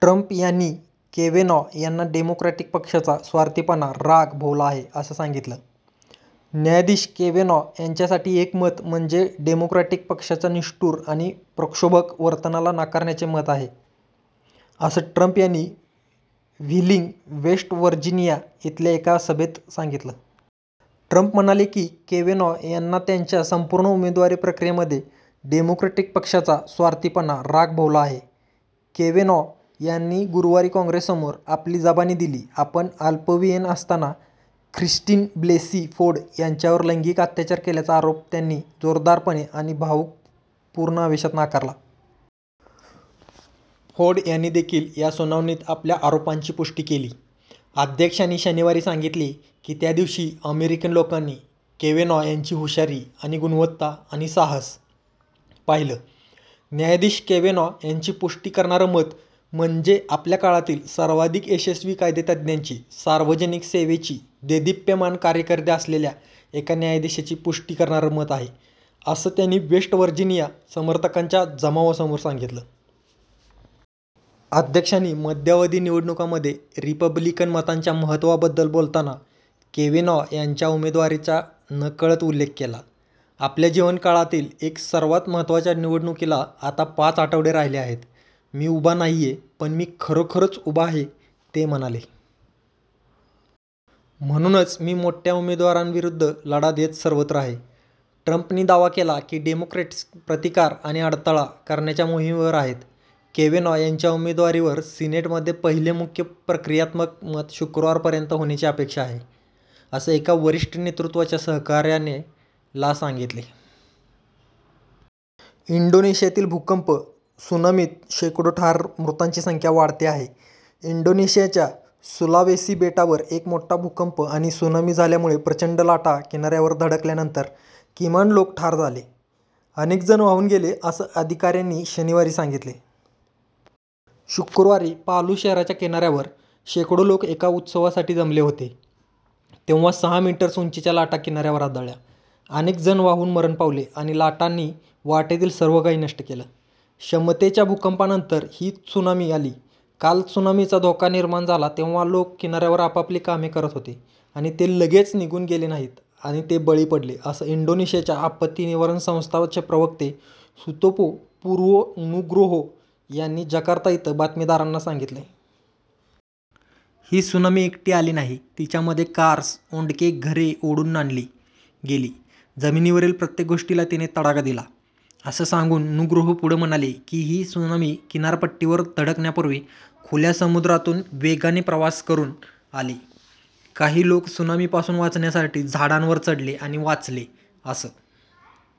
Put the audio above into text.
Trump यांनी Kavanaugh यांना Democratic पक्षाचा 'स्वार्थीपणा, राग' भोवला आहे असं सांगितलं. "न्यायाधीश केवेनॉ यांच्यासाठी एक मत म्हणजे डेमोक्रॅटिक पक्षाच्या निष्ठुर आणि प्रक्षोभक वर्तनाला नाकारण्याचे मत आहे," असं ट्रम्प यांनी व्हीलिंग, वेस्ट वर्जिनिया इथल्या एका सभेत सांगितलं. ट्रम्प म्हणाले की केवेनॉ यांना त्यांच्या संपूर्ण उमेदवारी प्रक्रियेमध्ये डेमोक्रॅटिक पक्षाचा "स्वार्थीपणा, राग" भोवला आहे. केवेनॉ यांनी गुरूवारी काँग्रेससमोर आपली जबानी दिली, आपण अल्पवयीन असताना ख्रिस्टीन ब्लेसी फोर्ड यांच्यावर लैंगिक अत्याचार केल्याचा आरोप त्यांनी जोरदारपणे आणि भावपूर्ण आवेशात नाकारला. फोर्ड यांनी देखील या सुनावणीत आपल्या आरोपाची पुष्टि केली. अध्यक्षांनी शनिवारी सांगितले की त्या दिवशी "अमेरिकन लोकांनी केवेनॉ यांची हुशारी आणि गुणवत्ता आणि साहस" पाहिलं. "न्यायाधीश केवेनॉ यांची पुष्टि करणारं मत म्हणजे आपल्या काळातील सर्वाधिक यशस्वी कायदे तज्ञाची, सार्वजनिक सेवेची देदीप्यमान कारकीर्द असलेल्या एका न्यायाधीशाची पुष्टि करणारं मत आहे," असं त्यांनी वेस्ट वर्जिनिया समर्थकांच्या जमावासमोर सांगितलं. अध्यक्षांनी मध्यावधी निवडणुकांमध्ये रिपब्लिकन मतांच्या महत्वाबद्दल बोलताना केवेनॉ यांच्या उमेदवारीचा नकळत उल्लेख केला. आपल्या जीवनकाळातील एका सर्वात महत्वाच्या निवडणुकीला आता पाच आठवडे राहिले आहेत. मी उभा नाहीये, पण मी खरोखरच उभा आहे," ते म्हणाले. "म्हणूनच मी मोठ्या उमेदवारांविरुद्ध लढा देत सर्वत्र आहे. " ट्रम्पनी दावा केली की डेमोक्रॅट्स "प्रतिकार आणि अडथळा" करण्याच्या मोहिमेवर आहेत. केवेनॉ यांच्या उमेदवारीवर सिनेटमध्ये पहिले मुख्य प्रक्रियात्मक मत शुक्रवारपर्यंत होण्याची अपेक्षा आहे, असं एका वरिष्ठ नेतृत्वाच्या सहकाऱ्याने ला सांगितले. इंडोनेशियातील भूकंप, त्सुनामीत शेकडो ठार, मृतांची संख्या वाढते आहे इंडोनेशियाच्या सुलावेसी बेटावर एक मोठा भूकंप आणि त्सुनामी झाल्यामुळे प्रचंड लाटा किनाऱ्यांवर धडकल्यानंतर, किमान लोक ठार झाले, अनेकजण वाहून गेले असं अधिकाऱ्यांनी शनिवारी सांगितले. शुक्रवारी पालु शहराच्या किनाऱ्यावर शेकडो लोक एका उत्सवासाठी जमले होते तेव्हा सहा मीटर्स उंचीच्या लाटा किनाऱ्यावर आदळल्या, अनेकजण वाहून मरण पावले आणि लाटांनी वाटेतील सर्वकाही नष्ट केलं. क्षमतेच्या भूकंपानंतर ही त्सुनामी आली. "काल त्सुनामीचा धोका निर्माण झाला तेव्हा, लोक किनाऱ्यावर आपापली कामे करत होते आणि ते लगेच निघून गेले नाहीत आणि ते बळी पडले," असं इंडोनेशियाची आपत्ती निवारण संस्था चे प्रवक्ते सुतोपो पुर्वो नुग्रोहो यांनी जकार्ता इथं बातमीदारांना सांगितलं. "ही त्सुनामी एकटी आली नाही, तिच्यामध्ये कार्स, ओंडके, घरे, ओढून आणली गेली, जमिनीवरील प्रत्येक गोष्टीला तिने तडाखा दिला," असं सांगून नुग्रोहो पुढे म्हणाले, की ही त्सुनामी किनारपट्टीवर धडकण्यापूर्वी खुल्या समुद्रातून वेगाने प्रवास करुन आली. काही लोक त्सुनामीपासून वाचण्यासाठी झाडांवर चढले आणि वाचले, असं